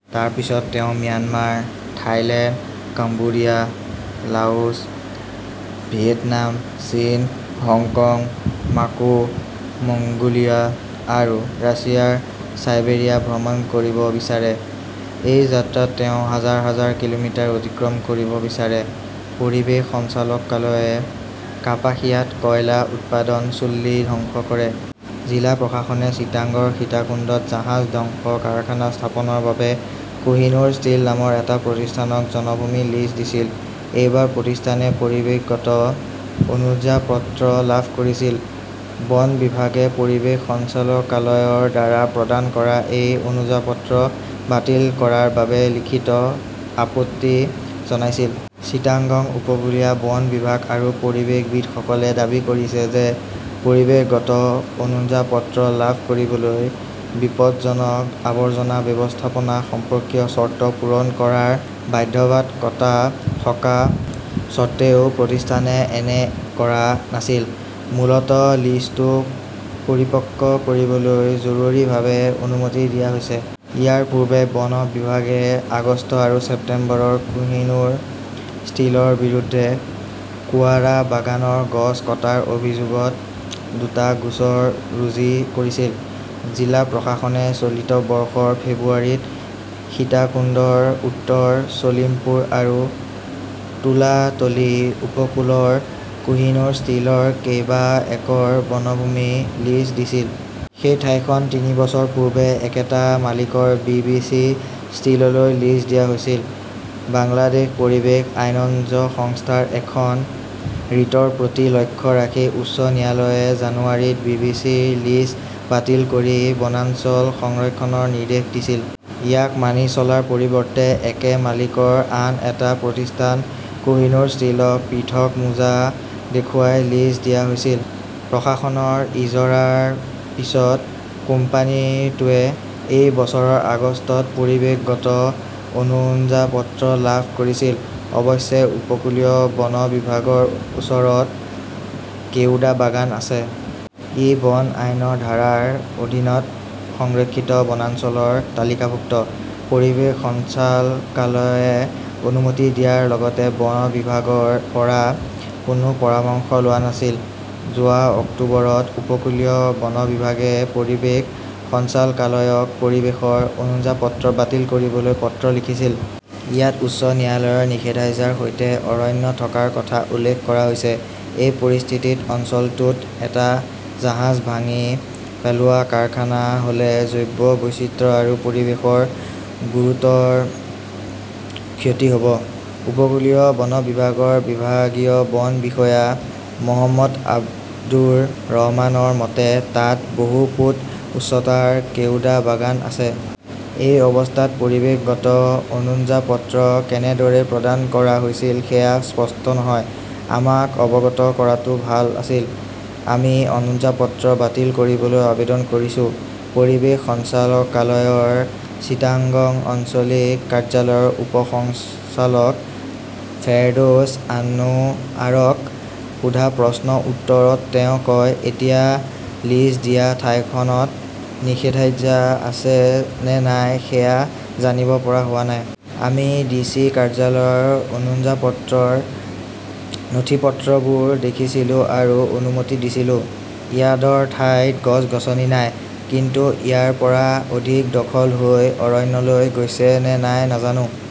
তাৰ পিছত তেওঁ Myanmar, Thailand, Cambodia, Laos, Vietnam, চীন, হংকং, মাকৌ, মংগোলিয়া আৰু ৰাছিয়াৰ চাইবেৰিয়া ভ্ৰমণ কৰিব বিচাৰে। এই যাত্ৰাত তেওঁ হাজাৰ হাজাৰ কিলোমিটাৰ অতিক্ৰম কৰিব বিচাৰে। পৰিৱেশ সঞ্চালকালয়ে কাপাসিয়াত কয়লা উৎপাদন চুল্লী ধ্বংস কৰে। জিলা প্ৰশাসনে চিটাগংৰ সীতাকুণ্ডত জাহাজ ধ্বংস কাৰখানা স্থাপনৰ বাবে কোহিনুৰ ষ্টীল নামৰ এটা প্ৰতিষ্ঠানক জনভূমি লিজ দিছিল। এইবাৰ প্ৰতিষ্ঠানে পৰিৱেশগত অনুজ্ঞাপত্ৰ লাভ কৰিছিল। বন বিভাগে পৰিৱেশ সঞ্চালকালয়ৰ দ্বাৰা প্ৰদান কৰা এই অনুজ্ঞাপত্ৰ বাতিল কৰাৰ বাবে লিখিত আপত্তি জনাইছিল। চিটাগং উপকূলীয় বন বিভাগ আৰু পৰিৱেশবিদসকলে দাবী কৰিছে যে পৰিৱেশগত অনুজ্ঞাপত্ৰ লাভ কৰিবলৈ বিপদজনক আৱৰ্জনা ব্যৱস্থাপনা সম্পৰ্কীয় চৰ্ত পূৰণ কৰাৰ বাধ্যবাধকতা থকা স্বত্বেও প্ৰতিষ্ঠানে এনে কৰা নাছিল। মূলতঃ লিজটো পৰিপক্ক কৰিবলৈ জৰুৰীভাৱে অনুমতি দিয়া হৈছে। ইয়াৰ পূৰ্বে বন বিভাগে আগষ্ট আৰু ছেপ্টেম্বৰত কোহিনুৰ ষ্টীলৰ বিৰুদ্ধে কোৱাৰাবাগানৰ গছ কটাৰ অভিযোগত দুটা গোচৰ ৰুজী কৰিছিল। জিলা প্ৰশাসনে চলিত বৰ্ষৰ ফেব্ৰুৱাৰীত সীতাকুণ্ডৰ উত্তৰ চলিমপুৰ আৰু তুলাতলি উপকূলৰ কোহিনুৰ ষ্টিলক কেইবা একৰ বনভূমি লিজ দিছিল। সেই ঠাইখন তিনি বছৰ পূৰ্বে একেটা মালিকৰ বি. বি. চি. ষ্টীললৈ লিজ দিয়া হৈছিল। বাংলাদেশ পৰিৱেশ আইনজ্ঞ সংস্থাৰ এখন ৰিটৰ প্ৰতি লক্ষ্য ৰাখি উচ্চ ন্যায়ালয়ে জানুৱাৰীত বি. বি. চি. লিজ বাতিল কৰি বনাঞ্চল সংৰক্ষণৰ নিৰ্দেশ দিছিল। ইয়াক মানি চলাৰ পৰিৱৰ্তে একে মালিকৰ আন এটা প্ৰতিষ্ঠান কোহিনুৰ ষ্টীলক পৃথক মোজা দেখুৱাই লিজ দিয়া হৈছিল। প্ৰশাসনৰ ইজৰাৰ পিছত কোম্পানীটোৱে এই বছৰৰ আগষ্টত পৰিৱেশগত অনুজ্ঞাপত্ৰ লাভ কৰিছিল। অৱশ্যে, উপকূলীয় বন বিভাগৰ ওচৰত কেওডা বাগান আছে। ই বন আইনৰ ধাৰাৰ অধীনত সংৰক্ষিত বনাঞ্চলৰ তালিকাভুক্ত। পৰিৱেশ সঞ্চালকালয়ে অনুমতি দিয়াৰ আগতে বন বিভাগৰ পৰা কোনো পৰামৰ্শ লোৱা নাছিল। যোৱা অক্টোবৰত উপকূলীয় বন বিভাগে পৰিৱেশ সঞ্চালকালয়ক পৰিৱেশৰ অনুজ্ঞাপত্ৰ বাতিল কৰিবলৈ পত্ৰ লিখিছিল। ইয়াত উচ্চ ন্যায়ালয়ৰ নিষেধাজ্ঞাৰ সৈতে অৰণ্য থকাৰ কথা উল্লেখ কৰা হৈছে। এই পৰিস্থিতিত অঞ্চলটোত এটা জাহাজ ভাঙি পেলোৱা কাৰখানা হ'লে জৈৱ বৈচিত্ৰ্য আৰু পৰিৱেশৰ গুৰুতৰ ক্ষতি হ'ব। উপকূলীয় বন বিভাগৰ বিভাগীয় বন বিষয়া মহম্মদ আবদুৰ ৰহমানৰ মতে, তাত বহু ফুট উচ্চতাৰ কেওডা বাগান আছে। এই অৱস্থাত পৰিৱেশগত অনুজ্ঞাপত্ৰ কেনেদৰে প্ৰদান কৰা হৈছিল সেয়া স্পষ্ট নহয়। আমাক অৱগত কৰাটো ভাল আছিল। আমি অনুজ্ঞাপত্ৰ বাতিল কৰিবলৈ আবেদন কৰিছো। পৰিৱেশ সঞ্চালকালয়ৰ চিটাগং আঞ্চলিক কাৰ্যালয়ৰ উপ সঞ্চালক ফেৰদৌছ আনো আৰক সোধা প্ৰশ্নৰ উত্তৰত তেওঁ কয়, এতিয়া লিজ দিয়া ঠাইখনত নিষেধাজ্ঞা আছে নে নাই সেয়া জানিব পৰা হোৱা নাই। আমি ডিচি কাৰ্যালয়ৰ অনুজ্ঞাপত্ৰৰ নথিপত্ৰবোৰ দেখিছিলোঁ আৰু অনুমতি দিছিলোঁ। ইয়াৰ্ডৰ ঠাইত গছ-গছনি নাই। কিন্তু ইয়াৰ পৰা অধিক দখল হৈ অৰণ্যলৈ গৈছে নে নাই নাজানো।